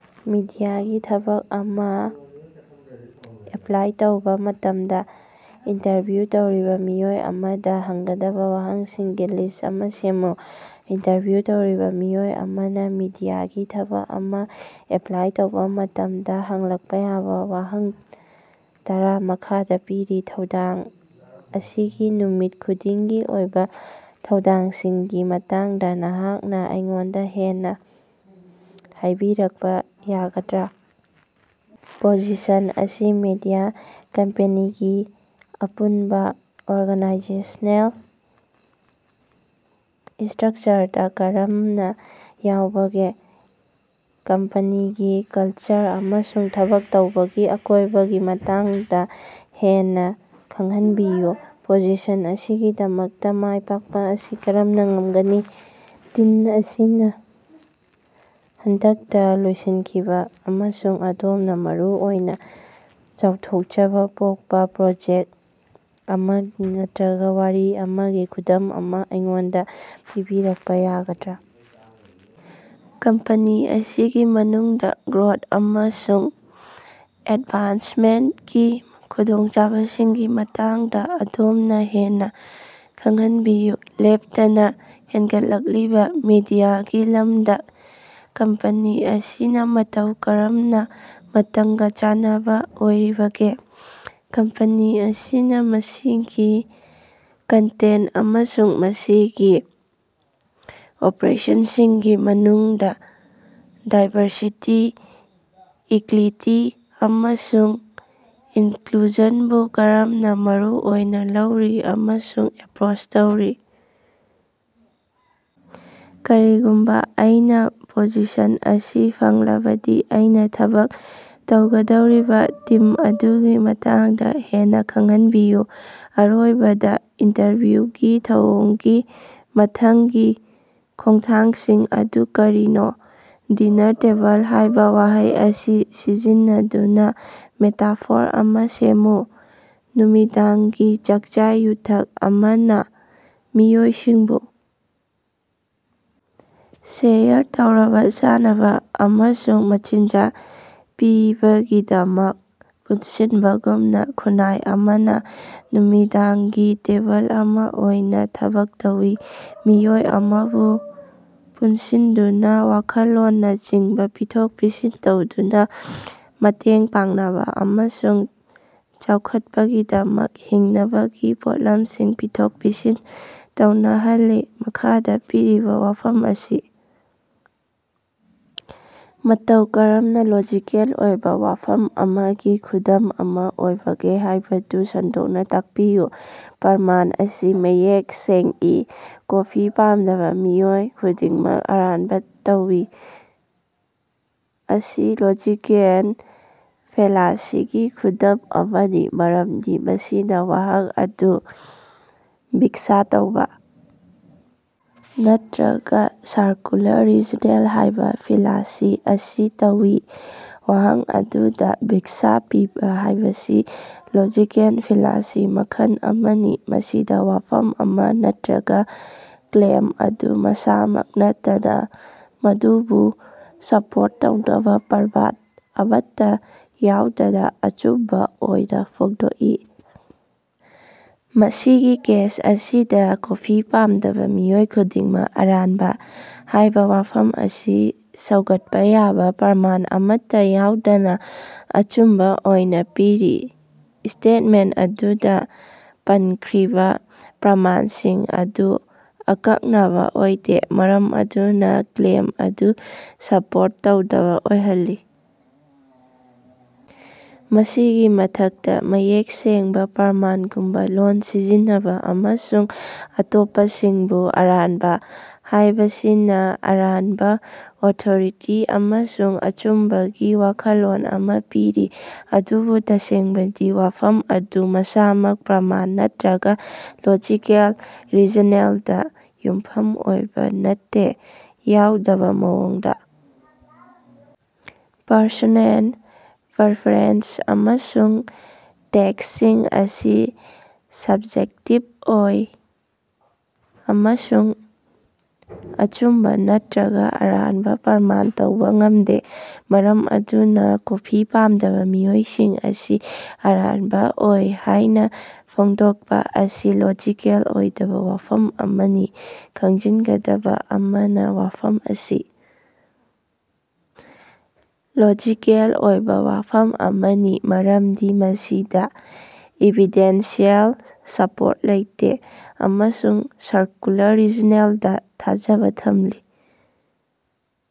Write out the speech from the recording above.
ꯃꯤꯗꯤꯌꯥꯒꯤ ꯊꯕꯛ ꯑꯃ ꯑꯦꯄ꯭ꯂꯥꯏ ꯇꯧꯕ ꯃꯇꯝꯗ ꯏꯟꯇꯔꯚ꯭ꯌꯨ ꯇꯧꯔꯤꯕ ꯃꯤꯑꯣꯏ ꯑꯃꯗ ꯍꯪꯒꯗꯕ ꯋꯥꯍꯪꯁꯤꯡꯒꯤ ꯂꯤꯁ ꯑꯃ ꯁꯦꯝꯃꯨ꯫ ꯏꯟꯇꯔꯚ꯭ꯌꯨ ꯇꯧꯔꯤꯕ ꯃꯤꯑꯣꯏ ꯑꯃꯅ ꯃꯤꯗꯤꯌꯥꯒꯤ ꯊꯕꯛ ꯑꯃ ꯑꯦꯞꯂꯥꯏ ꯇꯧꯕ ꯃꯇꯝꯗ ꯍꯪꯂꯛꯄ ꯌꯥꯕ ꯋꯥꯍꯪ ꯇꯔ ꯃꯈꯥꯗ ꯄꯤꯔꯤ꯫ ꯊꯧꯗꯥꯡ ꯑꯁꯤꯒꯤ ꯅꯨꯃꯤꯠ ꯈꯨꯗꯤꯡꯒꯤ ꯑꯣꯏꯕ ꯊꯧꯗꯥꯡꯁꯤꯡꯒꯤ ꯃꯇꯥꯡꯗ ꯅꯍꯥꯛꯅ ꯑꯩꯉꯣꯟꯗ ꯍꯦꯟꯅ ꯍꯥꯏꯕꯤꯔꯛꯄ ꯌꯥꯒꯗ꯭ꯔꯥ? ꯄꯣꯖꯤꯁꯟ ꯑꯁꯤ ꯃꯦꯗꯤꯌꯥ ꯀꯝꯄꯦꯅꯤꯒꯤ ꯑꯄꯨꯟꯕ ꯑꯣꯔꯒꯅꯥꯏꯖꯦꯁꯅꯦꯜ ꯁ꯭ꯇꯔꯛꯆꯔꯗ ꯀꯔꯝꯅ ꯌꯥꯎꯕꯒꯦ? ꯀꯝꯄꯦꯅꯤꯒꯤ ꯀꯜꯆꯔ ꯑꯃꯁꯨꯡ ꯊꯕꯛ ꯇꯧꯕꯒꯤ ꯑꯀꯣꯏꯕꯒꯤ ꯃꯇꯥꯡꯗ ꯍꯦꯟꯅ ꯈꯪꯍꯟꯕꯤꯌꯨ? ꯄꯣꯖꯤꯁꯟ ꯑꯁꯤꯒꯤꯗꯃꯛꯇ ꯃꯥꯏ ꯄꯥꯛꯄ ꯑꯁꯤ ꯀꯔꯝꯅ ꯉꯝꯒꯅꯤ? ꯇꯤꯝ ꯑꯁꯤꯅ ꯍꯟꯗꯛꯇ ꯂꯣꯏꯁꯤꯟꯈꯤꯕ ꯑꯃꯁꯨꯡ ꯑꯗꯣꯝꯅ ꯃꯔꯨꯑꯣꯏꯅ ꯆꯥꯎꯊꯣꯛꯆꯕ ꯄꯣꯛꯄ ꯄ꯭ꯔꯣꯖꯦꯛ ꯑꯃꯒꯤ ꯅꯠꯇ꯭ꯔꯒ ꯋꯥꯔꯤ ꯑꯃꯒꯤ ꯈꯨꯗꯝ ꯑꯃ ꯑꯩꯉꯣꯟꯗ ꯄꯤꯕꯤꯔꯛꯄ ꯌꯥꯒꯗ꯭ꯔꯥ? ꯀꯝꯄꯦꯅꯤ ꯑꯁꯤꯒꯤ ꯃꯅꯨꯡꯗ ꯒ꯭ꯔꯣꯊ ꯑꯃꯁꯨꯡ ꯑꯦꯗꯚꯥꯟꯁꯃꯦꯟꯠꯀꯤ ꯈꯨꯗꯣꯡꯆꯥꯕꯁꯤꯡꯒꯤ ꯃꯇꯥꯡꯗ ꯑꯗꯣꯝꯅ ꯍꯦꯟꯅ ꯈꯪꯍꯟꯕꯤꯌꯨ? ꯂꯦꯞꯇꯅ ꯍꯦꯟꯒꯠꯂꯛꯂꯤꯕ ꯃꯤꯗꯤꯌꯥꯒꯤ ꯂꯃꯗ ꯀꯝꯄꯦꯅꯤ ꯑꯁꯤꯅ ꯃꯇꯧ ꯀꯔꯝꯅ ꯃꯇꯝꯒ ꯆꯥꯟꯅꯕ ꯑꯣꯏꯔꯤꯕꯒꯦ? ꯀꯝꯄꯦꯅꯤ ꯑꯁꯤꯅ ꯃꯁꯤꯒꯤ ꯀꯟꯇꯦꯟꯠ ꯑꯃꯁꯨꯡ ꯃꯁꯤꯒꯤ ꯑꯣꯄꯔꯦꯁꯟꯁꯤꯡꯒꯤ ꯃꯅꯨꯡꯗ ꯗꯥꯏꯕꯔꯁꯤꯇꯤ, ꯏꯀ꯭ꯌꯤꯇꯤ, ꯑꯃꯁꯨꯡ ꯏꯟꯀ꯭ꯂꯨꯖꯟꯕꯨ ꯀꯔꯝꯅ ꯃꯔꯨ ꯑꯣꯏꯅ ꯂꯧꯔꯤ ꯑꯃꯁꯨꯡ ꯑꯦꯄ꯭ꯔꯣꯆ ꯇꯧꯔꯤ? ꯀꯔꯤꯒꯨꯝꯕ ꯑꯩꯅ ꯄꯣꯖꯤꯁꯟ ꯑꯁꯤ ꯐꯪꯂꯕꯗꯤ ꯑꯩꯅ ꯊꯕꯛ ꯇꯧꯒꯗꯧꯔꯤꯕ ꯇꯤꯝ ꯑꯗꯨꯒꯤ ꯃꯇꯥꯡꯗ ꯍꯦꯟꯅ ꯈꯪꯍꯟꯕꯤꯌꯨ? ꯑꯔꯣꯏꯕꯗ, ꯏꯟꯇꯔꯚ꯭ꯌꯨꯒꯤ ꯊꯧꯑꯣꯡꯒꯤ ꯃꯊꯪꯒꯤ ꯈꯣꯡꯊꯥꯡꯁꯤꯡ ꯑꯗꯨ ꯀꯔꯤꯅꯣ? ꯗꯤꯅꯥꯔ ꯇꯦꯕꯜ ꯍꯥꯏꯕ ꯋꯥꯍꯩ ꯑꯁꯤ ꯁꯤꯖꯤꯟꯅꯗꯨꯅ ꯃꯦꯇꯥꯐꯣꯔ ꯑꯃ ꯁꯦꯝꯃꯨ꯫ ꯅꯨꯃꯤꯗꯥꯡꯒꯤ ꯆꯥꯛꯆꯥ-ꯌꯨꯊꯛ ꯑꯃꯅ ꯃꯤꯑꯣꯏꯁꯤꯡꯕꯨ ꯁꯦꯌꯔ ꯇꯧꯔꯕ ꯆꯥꯅꯕ ꯑꯃꯁꯨꯡ ꯃꯆꯤꯟꯖꯥꯛ ꯄꯤꯕꯒꯤꯗꯃꯛ ꯄꯨꯟꯁꯤꯟꯕꯒꯨꯝꯅ, ꯈꯨꯟꯅꯥꯏ ꯑꯃꯅ ꯅꯨꯃꯤꯗꯥꯡꯒꯤ ꯇꯦꯕꯜ ꯑꯃ ꯑꯣꯏꯅ ꯊꯕꯛ ꯇꯧꯏ, ꯃꯤꯑꯣꯏ ꯑꯃꯕꯨ ꯄꯨꯟꯁꯤꯟꯗꯨꯅ ꯋꯥꯈꯜꯂꯣꯅꯅꯁꯤꯡ ꯄꯤꯊꯣꯛ-ꯄꯤꯁꯤꯟ ꯇꯧꯅꯗꯨꯅ, ꯃꯇꯦꯡ ꯄꯥꯡꯅꯕ ꯑꯃꯁꯨꯡ ꯆꯥꯎꯈꯠꯄꯒꯤꯗꯃꯛ ꯍꯤꯡꯅꯕꯒꯤ ꯄꯣꯠꯂꯝꯁꯤꯡ ꯄꯤꯊꯣꯛ-ꯄꯤꯁꯤꯟ ꯇꯧꯅꯍꯜꯂꯤ꯫ ꯃꯈꯥꯗ ꯄꯤꯔꯤꯕꯥ ꯋꯥꯐꯝ ꯑꯁꯤ ꯃꯇꯧ ꯀꯔꯝꯅ ꯂꯣꯖꯤꯀꯦꯜ ꯑꯣꯏꯕ ꯋꯥꯐꯝ ꯑꯃꯒꯤ ꯈꯨꯗꯝ ꯑꯃ ꯑꯣꯏꯕꯒꯦ ꯍꯥꯏꯕꯗꯨ ꯁꯟꯗꯣꯛꯅ ꯇꯥꯛꯄꯤꯌꯨ꯫ ꯄ꯭ꯔꯃꯥꯟ ꯑꯁꯤ ꯃꯌꯦꯛ ꯁꯦꯡꯏ: ꯀꯣꯐꯤ ꯄꯥꯝꯗꯕ ꯃꯤꯑꯣꯏ ꯈꯨꯗꯤꯡꯃꯛ ꯑꯔꯥꯟꯕ ꯇꯧꯏ꯫ ꯑꯁꯤ ꯂꯣꯖꯤꯀꯦꯟ ꯐꯦꯂꯥꯁꯤꯒꯤ ꯈꯨꯗꯝ ꯑꯃꯅꯤ ꯃꯔꯝꯗꯤ ꯃꯁꯤꯅ ꯋꯥꯍꯪ ꯑꯗꯨ ꯚꯤꯛꯁꯥ ꯇꯧꯕ ꯅꯠꯇ꯭ꯔꯒ ꯁꯔꯀꯨꯂꯔ ꯔꯤꯖꯅꯦꯜ ꯍꯥꯏꯕ ꯐꯦꯂꯥꯁꯤ ꯑꯁꯤ ꯇꯧꯏ꯫ ꯋꯥꯍꯪ ꯑꯗꯨꯗ ꯚꯤꯛꯁꯥ ꯄꯤꯕ ꯍꯥꯏꯕꯁꯤ ꯂꯣꯖꯤꯀꯦꯟ ꯐꯦꯂꯥꯁꯤ ꯃꯈꯜ ꯑꯃꯅꯤ, ꯃꯁꯤꯗ ꯋꯥꯐꯝ ꯑꯃ ꯅꯠꯇ꯭ꯔꯒ ꯀ꯭ꯂꯦꯝ ꯑꯗꯨ ꯃꯁꯥꯃꯛ ꯅꯠꯇꯅ ꯃꯗꯨꯕꯨ ꯁꯄꯣꯔꯠ ꯇꯧꯅꯕ ꯄ꯭ꯔꯃꯥꯟ ꯑꯃꯠꯇ ꯌꯥꯎꯗꯅ ꯑꯆꯨꯝꯕ ꯑꯣꯏꯅ ꯐꯣꯡꯗꯣꯛꯏ꯫ ꯃꯁꯤꯒꯤ ꯀꯦꯁ ꯑꯁꯤꯗ 'ꯀꯣꯐꯤ ꯄꯥꯝꯗꯕ ꯃꯤꯑꯣꯏ ꯈꯨꯗꯤꯡꯃꯛ ꯑꯔꯥꯟꯕ' ꯍꯥꯏꯕ ꯋꯥꯐꯝ ꯑꯁꯤ ꯁꯧꯒꯠꯄ ꯌꯥꯕ ꯄ꯭ꯔꯃꯥꯟ ꯑꯃꯠꯇ ꯌꯥꯎꯗꯅ ꯑꯆꯨꯝꯕ ꯑꯣꯏꯅ ꯄꯤꯔꯤ꯫ ꯁ꯭ꯇꯦꯠꯃꯦꯟꯠ ꯑꯗꯨꯗ ꯄꯟꯈ꯭ꯔꯤꯕ ꯄ꯭ꯔꯃꯥꯟꯁꯤꯡ ꯑꯗꯨ ꯑꯀꯛꯅꯕ ꯑꯣꯏꯗꯦ, ꯃꯔꯝ ꯑꯗꯨꯅ ꯀ꯭ꯂꯦꯝ ꯑꯗꯨ ꯁꯄꯣꯔꯠ ꯇꯧꯗꯕ ꯑꯣꯏꯍꯜꯂꯤ꯫ ꯃꯁꯤꯒꯤ ꯃꯊꯛꯇ, ꯃꯌꯦꯛ ꯁꯦꯡꯕ ꯄ꯭ꯔꯃꯥꯟ ꯒꯨꯝꯕ ꯂꯣꯜ ꯁꯤꯖꯤꯟꯅꯕ ꯑꯃꯁꯨꯡ ꯑꯇꯣꯞꯄꯁꯤꯡꯕꯨ "ꯑꯔꯥꯟꯕ" ꯍꯥꯏꯕꯁꯤꯅ ꯑꯔꯥꯟꯕ ꯑꯣꯊꯣꯔꯤꯇꯤ ꯑꯃꯁꯨꯡ ꯑꯆꯨꯝꯕꯒꯤ ꯋꯥꯈꯜꯂꯣꯟ ꯑꯃ ꯄꯤꯔꯤ, ꯑꯗꯨꯕꯨ ꯇꯁꯦꯡꯕꯗꯤ ꯋꯥꯐꯝ ꯑꯗꯨ ꯃꯁꯥꯃꯛ ꯄ꯭ꯔꯃꯥꯟ ꯅꯠꯇ꯭ꯔꯒ ꯂꯣꯖꯤꯀꯦꯜ ꯔꯤꯖꯅꯦꯜꯗ ꯌꯨꯝꯐꯝ ꯑꯣꯏꯕ ꯅꯠꯇꯦ꯫ ꯌꯥꯎꯗꯕ ꯃꯑꯣꯡꯗ, ꯄꯔꯁꯣꯅꯦꯟ ꯄꯔꯐꯦꯔꯦꯟꯁ ꯑꯃꯁꯨꯡ ꯇꯦꯁꯁꯤꯡ ꯑꯁꯤ ꯁꯕꯖꯦꯛꯇꯤꯕ ꯑꯣꯏ ꯑꯃꯁꯨꯡ ꯑꯆꯨꯝꯕ ꯅꯠꯇ꯭ꯔꯒ ꯑꯔꯥꯟꯕ ꯄ꯭ꯔꯃꯥꯟ ꯇꯧꯕ ꯉꯝꯗꯦ, ꯃꯔꯝ ꯑꯗꯨꯅ ꯀꯣꯐꯤ ꯄꯥꯝꯗꯕ ꯃꯤꯑꯣꯏꯁꯤꯡ ꯑꯁꯤ ꯑꯔꯥꯟꯕ ꯑꯣꯏ ꯍꯥꯏꯅ ꯐꯣꯡꯗꯣꯛꯄ ꯑꯁꯤ ꯂꯣꯖꯤꯀꯦꯜ ꯑꯣꯏꯗꯕ ꯋꯥꯐꯝ ꯑꯃꯅꯤ꯫ ꯈꯪꯖꯤꯟꯒꯗꯕ ꯑꯃꯅ, ꯋꯥꯐꯝ ꯑꯁꯤ ꯂꯣꯖꯤꯀꯦꯜ ꯑꯣꯏꯕ ꯋꯥꯐꯝ ꯑꯃꯅꯤ ꯃꯔꯝꯗꯤ ꯃꯁꯤꯗ ꯏꯚꯤꯗꯦꯟꯁꯤꯑꯦꯜ ꯁꯄꯣꯔꯠ ꯂꯩꯇꯦ ꯑꯃꯁꯨꯡ ꯁꯔꯀꯨꯂꯔ ꯔꯤꯖꯅꯦꯜꯗ ꯊꯥꯖꯕ ꯊꯝꯂꯤ꯫